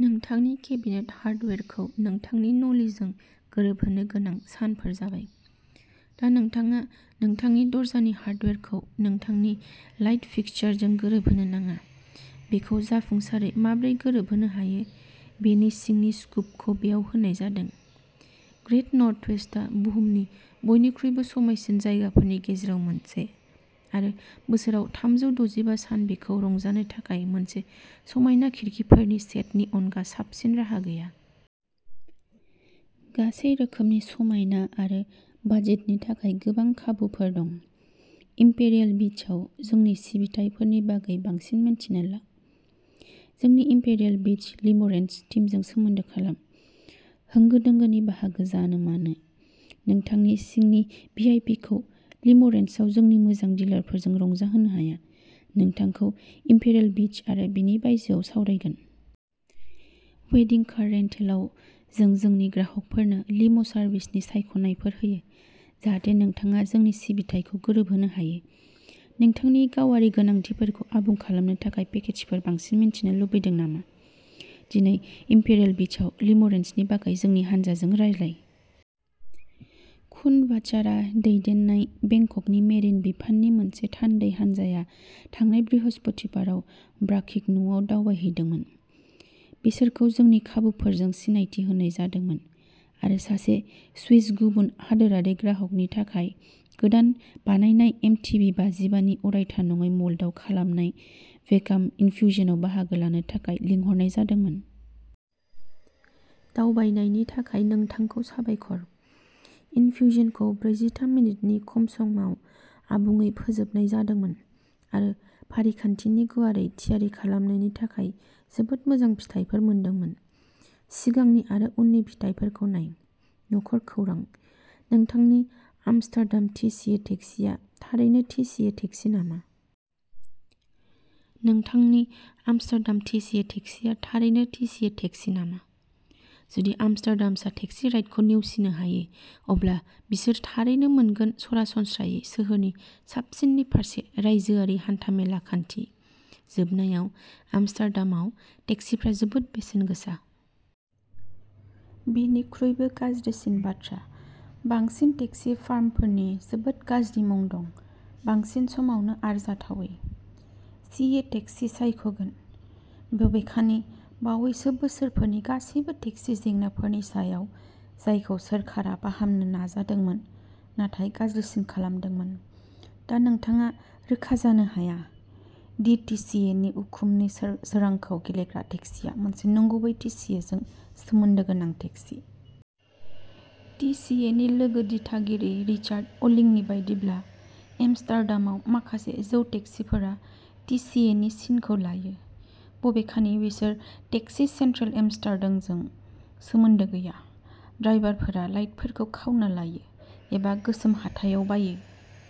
नोंथांनि केबिनेट हार्डवेरखौ नोंथांनि नलिजों गोरोबहोनो गोनां सानफोर जाबाय। दा नोंथाङा नोंथांनि दरजानि हार्डवेरखौ नोंथांनि लाइट फिक्सचारजों गोरोबहोनो नाङा। बेखौ जाफुंसारै माबोरै गोरोबहोनो हायो बेनि सिंनि स्कुपखौ बेयाव होनाय जादों। ग्रेट नर्थवेस्टआ बुहुमनि बयनिख्रुइबो समायनासिन जायगाफोरनि गेजेराव मोनसे आरो बोसोराव थामजौ दजिबा सान बेखौ रंजानो थाखाय मोनसे समायना खिरखिफोरनि सेटनि अनगा साबसिन राहा गैया। गासै रोखोमनि समायना आरो बाजेटनि थाखाय गोबां खाबुफोर दं। इम्पेरियेल बीचआव जोंनि सिबिथाइफोरनि बागै बांसिन मिन्थिना ला। जोंनि इम्पेरियेल बीच लिम'रेन्टल्स टीमजों सोमोन्दो खालाम। होंगो दोंगोनि बाहागो जानो मानो नोंथांनि सिंनि भि आइ पि खौ लिम'रेन्टल्सआव जोंनि मोजां डिलफोरजों रंजाहोनो हाया नोंथांखौ इम्पेरियेल बीच आरो बेनि बायजोआव सावरायगोन। वेडिं कार रेन्टेलआव जों जोंनि ग्राहकफोरनो लिम' सार्भिसनि सायख'नायफोर होयो, जाहाथे नोंथाङा जोंनि सिबिथाइखौ गोरोबहोनो हायो। नोंथांनि गावारि गोनांथिफोरखौ आबुं खालामनो थाखाय पेकेजफोर। बांसिन मिथिनो लुगैदों नामा? दिनै इम्पेरियेल बीचआव लिम'रेन्टेल्सनि बागै जोंनि हानजाजों रायज्लाय। खुन वाचारा दैदेननाय बेंककनि मेरिन बिफाननि मोनसे थान्दै हान्जाया थांनाय बृहस्पतिबाराव बाक्रिक न'आव दावबायहैदोंमोन। बिसोरखौ जोंनि खाबुफोरजों सिनायथि होनाय जादोंमोन आरो सासे स्विस गुबुन हादोरारि ग्राहकनि थाखाय गोदान बानायनाय एम टि भि बाजिबा नि अरायथा नङै मल्डआव खालामनाय भेकाम इनफ्युजनआव बाहागो लानो थाखाय लिंहरनाय जादोंमोन। दावबायनायनि थाखाय नोंथांखौ साबायखर। इनफ्युजनखौ ब्रैजिथाम मिनिटनि खम समाव आबुङै फोजोबनाय जादोंमोन आरो फारिखान्थिनि गुवारै थियारि खालामनायनि थाखाय जोबोद मोजां फिथायफोर मोनदोंमोन। सिगांनि आरो उननि फिथायफोरखौ नाय। न'खर। खौरां। नोंथांनि आमस्टारडाम टि सि ए टेक्सीआ थारैनो टि सि ए टेक्सी नामा? नोंथांनि आमस्टारडाम टि सि ए टेक्सीआ थारैनो टि सि ए टेक्सी नामा? जुदि आमस्टारडामार्सआ टेक्सी राइडखौ नेवसिनो हायो, अब्ला बिसोरो थारैनो मोनगोन सरासनस्रायै सोहोरनि साबसिननि फारसे। रायजोआरि हान्था-मेला खान्थि। जोबनायाव, एम्स्टार्डामआव टेक्सिफोरा जोबोद बेसेन गोसा। बेनिख्रुइबो गाज्रिसिन बाथ्रा, बांसिन टेक्सि फार्मफोर नि जोबोद गाज्रि मुं दं बांसिन समावनो, आरजाथावै। सि ए टेक्सि सायख'गोन।। बबेखानि, बावैसो बोसोरफोरनि गासैबो टेक्सि जेंनाफोरनि सायाव जायखौ सोरखारा फाहामनो नाजादोंमोन नाथाय गाज्रिसिन खालामदोंमोन दा नोंथाङा रोखा जानो हाया डि टि सि ए नि उखुमनि सो-सोरांखौ गेलेग्रा टेक्सिआ मोनसे नंगुबै टि सि ए जों सोमोन्दो गोनां टेक्सि। टि सि ए नि लोगो दिथागिरि रिचार्ड अलिंनि बायदिब्ला, एम्स्टार्डामाव माखासे जौ टेक्सिफोरा टि सि ए नि सिनखौ लायो, बबेखानि बिसोर टेक्सि सेन्ट्रेल एम्स्टार्डामजों सोमोन्दो गैया। ड्राइभारफोरा लाइटफोरखौ खावना लायो, एबा गोसोम हाथायाव बाइयो।